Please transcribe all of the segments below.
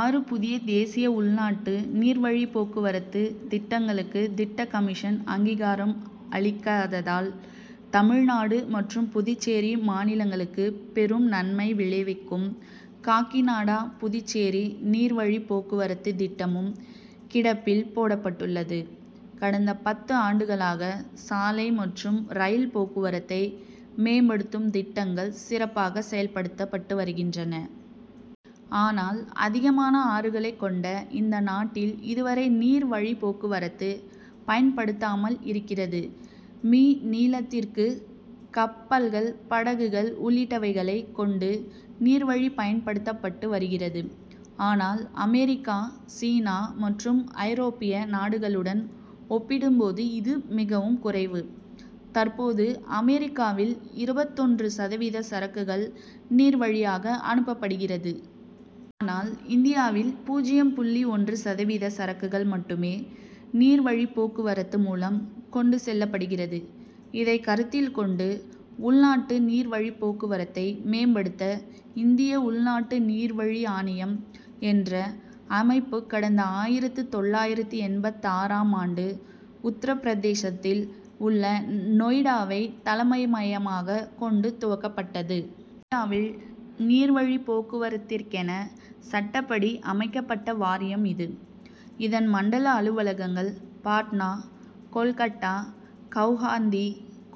ஆறு புதிய தேசிய உள்நாட்டு நீர்வழிப்போக்குவரத்து திட்டங்களுக்கு திட்டக் கமிஷன் அங்கீகாரம் அளிக்காததால் தமிழ்நாடு மற்றும் புதுச்சேரி மாநிலங்களுக்கு பெரும் நன்மை விளைவிக்கும் காக்கிநாடா புதுச்சேரி நீர் வழிப் போக்குவரத்து திட்டமும் கிடப்பில் போடப்பட்டுள்ளது. கடந்த பத்து ஆண்டுகளாக சாலை மற்றும் ரயில் போக்குவரத்தை மேம்படுத்தும் திட்டங்கள் சிறப்பாக செயல்படுத்தப்பட்டு வருகின்றன. ஆனால் அதிகமான ஆறுகளை கொண்ட இந்த நாட்டில் இதுவரை நீர் வழிப்போக்குவரத்து பயன்படுத்தாமல் இருக்கிறது. மீ. நீளத்திற்கு கப்பல்கள் படகுகள் உள்ளிட்டவைகளை கொண்டு நீர்வழி பயன்படுத்தப்பட்டு வருகிறது. ஆனால் அமெரிக்கா சீனா மற்றும் ஐரோப்பிய நாடுகளுடன் ஒப்பிடும்போது இது மிகவும் குறைவு. தற்போது அமெரிக்காவில் இருபத்தொன்று சதவீத சரக்குகள் நீர்வழியாக அனுப்பப்படுகிறது. ஆனால் இந்தியாவில் பூஜ்யம் புள்ளி ஒன்று சதவீத சரக்குகள் மட்டுமே நீர் வழிப் போக்குவரத்து மூலம் கொண்டு செல்லப்படுகிறது. இதை கருத்தில் கொண்டு உள்நாட்டு நீர் வழிப் போக்குவரத்தை மேம்படுத்த இந்திய உள்நாட்டு நீர்வழி ஆணையம் என்ற அமைப்பு கடந்த ஆயிரத்து தொள்ளாயிரத்து எண்பத்தாறாம் ஆண்டு உத்தரபிரதேசத்தில் உள்ள நொய்டாவை தலைமையகமாக கொண்டு துவக்கப்பட்டது. யாவில் நீர்வழி போக்குவரத்திற்கென சட்டப்படி அமைக்கப்பட்ட வாரியம் இது. இதன் மண்டல அலுவலகங்கள் பாட்னா கோல்கட்டா கவுஹாத்தி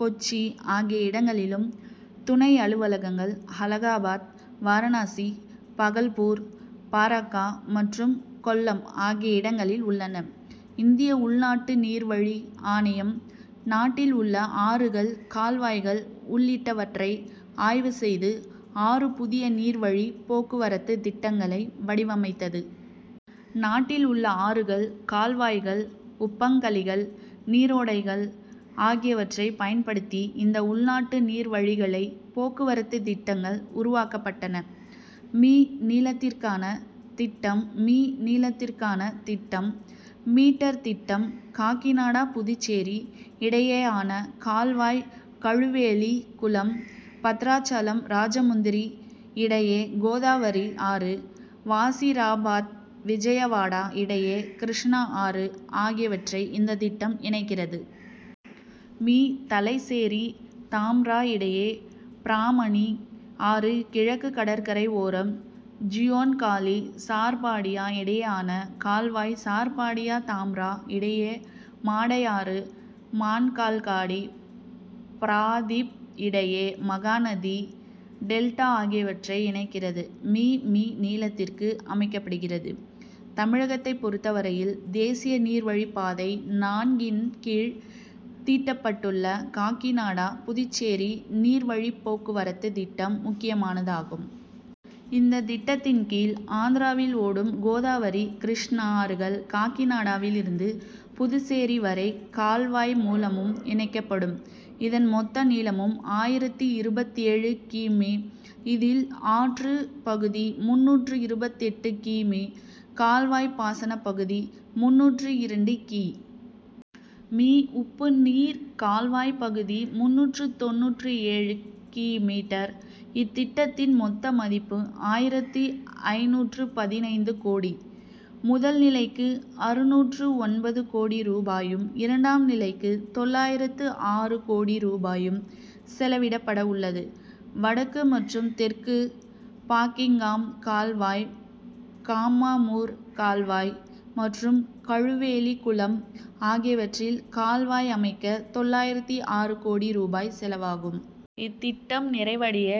கொச்சி ஆகிய இடங்களிலும் துணை அலுவலகங்கள் அலகாபாத் வாரணாசி பகல்பூர் பராக்கா மற்றும் கொல்லம் ஆகிய இடங்களில் உள்ளன. இந்திய உள்நாட்டு நீர் வழி ஆணையம் நாட்டில் உள்ள ஆறுகள் கால்வாய்கள் உள்ளிட்டவற்றை ஆய்வு செய்து ஆறு புதிய நீர் வழி போக்குவரத்து திட்டங்களை வடிவமைத்தது. நாட்டில் உள்ள ஆறுகள் கால்வாய்கள் உப்பங்கழிகள் நீரோடைகள் ஆகியவற்றை பயன்படுத்தி இந்த உள்நாட்டு நீர்வழிகளை போக்குவரத்து திட்டங்கள் உருவாக்கப்பட்டன. மீ. நீளத்திற்கான திட்டம். மீ. நீளத்திற்கான திட்டம். மீட்டர் திட்டம். காகிநாடா புதுச்சேரி இடையேயான கால்வாய் கழுவேலி குளம் பத்ராசலம் ராஜமுந்திரி இடையே கோதாவரி ஆறு வாசிராபாத் விஜயவாடா இடையே கிருஷ்ணா ஆறு ஆகியவற்றை இந்த திட்டம் இணைக்கிறது. மீ. தலைச்சேரி தாம்ரா இடையே பிராமனி ஆறு கிழக்கு கடற்கரை ஓரம் ஜியோன்காலி சார்பாடியா இடையேயான கால்வாய் சார்பாடியா தாம்ரா இடையே மாடை ஆறு மான்கால்காடி பாரதீப் இடையே மகாநதி டெல்டா ஆகியவற்றை இணைக்கிறது. மீ. மீ. நீளத்திற்கு அமைக்கப்படுகிறது. தமிழகத்தை பொறுத்த வரையில் தேசிய நீர்வழிப்பாதை நான்கின் கீழ் தீட்டப்பட்டுள்ள காகிநாடா புதுச்சேரி நீர் வழிப் போக்குவரத்து திட்டம் முக்கியமானதாகும். இந்த திட்டத்தின் கீழ் ஆந்திராவில் ஓடும் கோதாவரி கிருஷ்ணா ஆறுகள் காகிநாடாவில் இருந்து புதுச்சேரி வரை கால்வாய் மூலமும் இணைக்கப்படும். இதன் மொத்த நீளம் ஆயிரத்து இருபத்தேழு கி. மீ. இதில் ஆற்று பகுதி முந்நூற்று இருபத்தெட்டு கி. மீ. கால்வாய் பாசனப்பகுதி முந்நூற்று இரண்டு கி. மீ. உப்புநீர் கால்வாய் பகுதி முந்நூற்று தொண்ணூற்று ஏழு கி. மீட்டர். இத்திட்டத்தின் மொத்த மதிப்பு ஆயிரத்து ஐந்நூற்று பதினைந்து கோடி. முதல்நிலைக்கு அறுநூற்று ஒன்பது கோடி ரூபாயும் இரண்டாம் நிலைக்கு தொள்ளாயிரத்து ஆறு கோடி ரூபாயும் செலவிடப்பட உள்ளது. வடக்கு மற்றும் தெற்கு பக்கிங்காம் கால்வாய் காமாமூர் கால்வாய் மற்றும் கழுவேலி குளம் ஆகியவற்றில் கால்வாய் அமைக்க தொள்ளாயிரத்து ஆறு கோடி ரூபாய் செலவாகும். இத்திட்டம் நிறைவடைய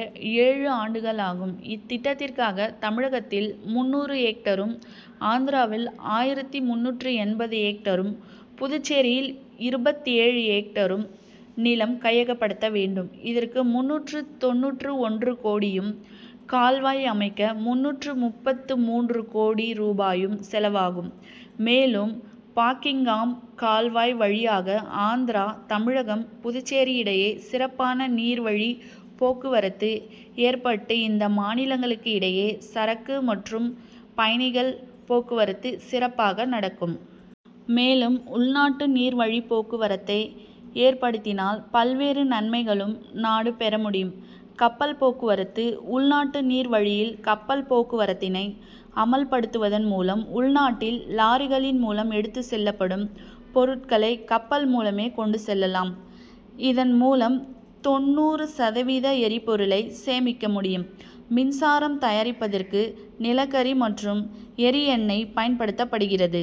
ஏழு ஆண்டுகளாகும். இத்திட்டத்திற்காக தமிழகத்தில் முந்நூறு எக்டரும் ஆந்திராவில் ஆயிரத்து முந்நூற்று எண்பது எக்டேரும் புதுச்சேரியில் இருபத்தேழு எக்டேரும் நிலம் கையகப்படுத்த வேண்டும். இதற்கு முந்நூற்று தொண்ணூற்று ஒன்று கோடியும் கால்வாய் அமைக்க முந்நூற்று முப்பத்து மூன்று கோடி ரூபாயும் செலவாகும். மேலும் பக்கிங்காம் கால்வாய் வழியாக ஆந்திரா தமிழகம் புதுச்சேரி இடையே சிறப்பான நீர் வழி போக்குவரத்து ஏற்பட்டு இந்த மாநிலங்களுக்கு இடையே சரக்கு மற்றும் பயணிகள் போக்குவரத்து சிறப்பாக நடக்கும். மேலும் உள்நாட்டு நீர் வழிப் போக்குவரத்தை ஏற்படுத்தினால் பல்வேறு நன்மைகளும் நாடு பெற முடியும். கப்பல் போக்குவரத்து உள்நாட்டு நீர் வழியில் கப்பல் போக்குவரத்தினை அமல்படுத்துவதன் மூலம் உள்நாட்டில் லாரிகளின் மூலம் எடுத்து செல்லப்படும் பொருட்களை கப்பல் மூலமே கொண்டு செல்லலாம். இதன் மூலம் தொண்ணூறு சதவீத எரிபொருளை சேமிக்க முடியும். மின்சாரம் தயாரிப்பதற்கு நிலக்கரி மற்றும் எரி எண்ணெய் பயன்படுத்தப்படுகிறது.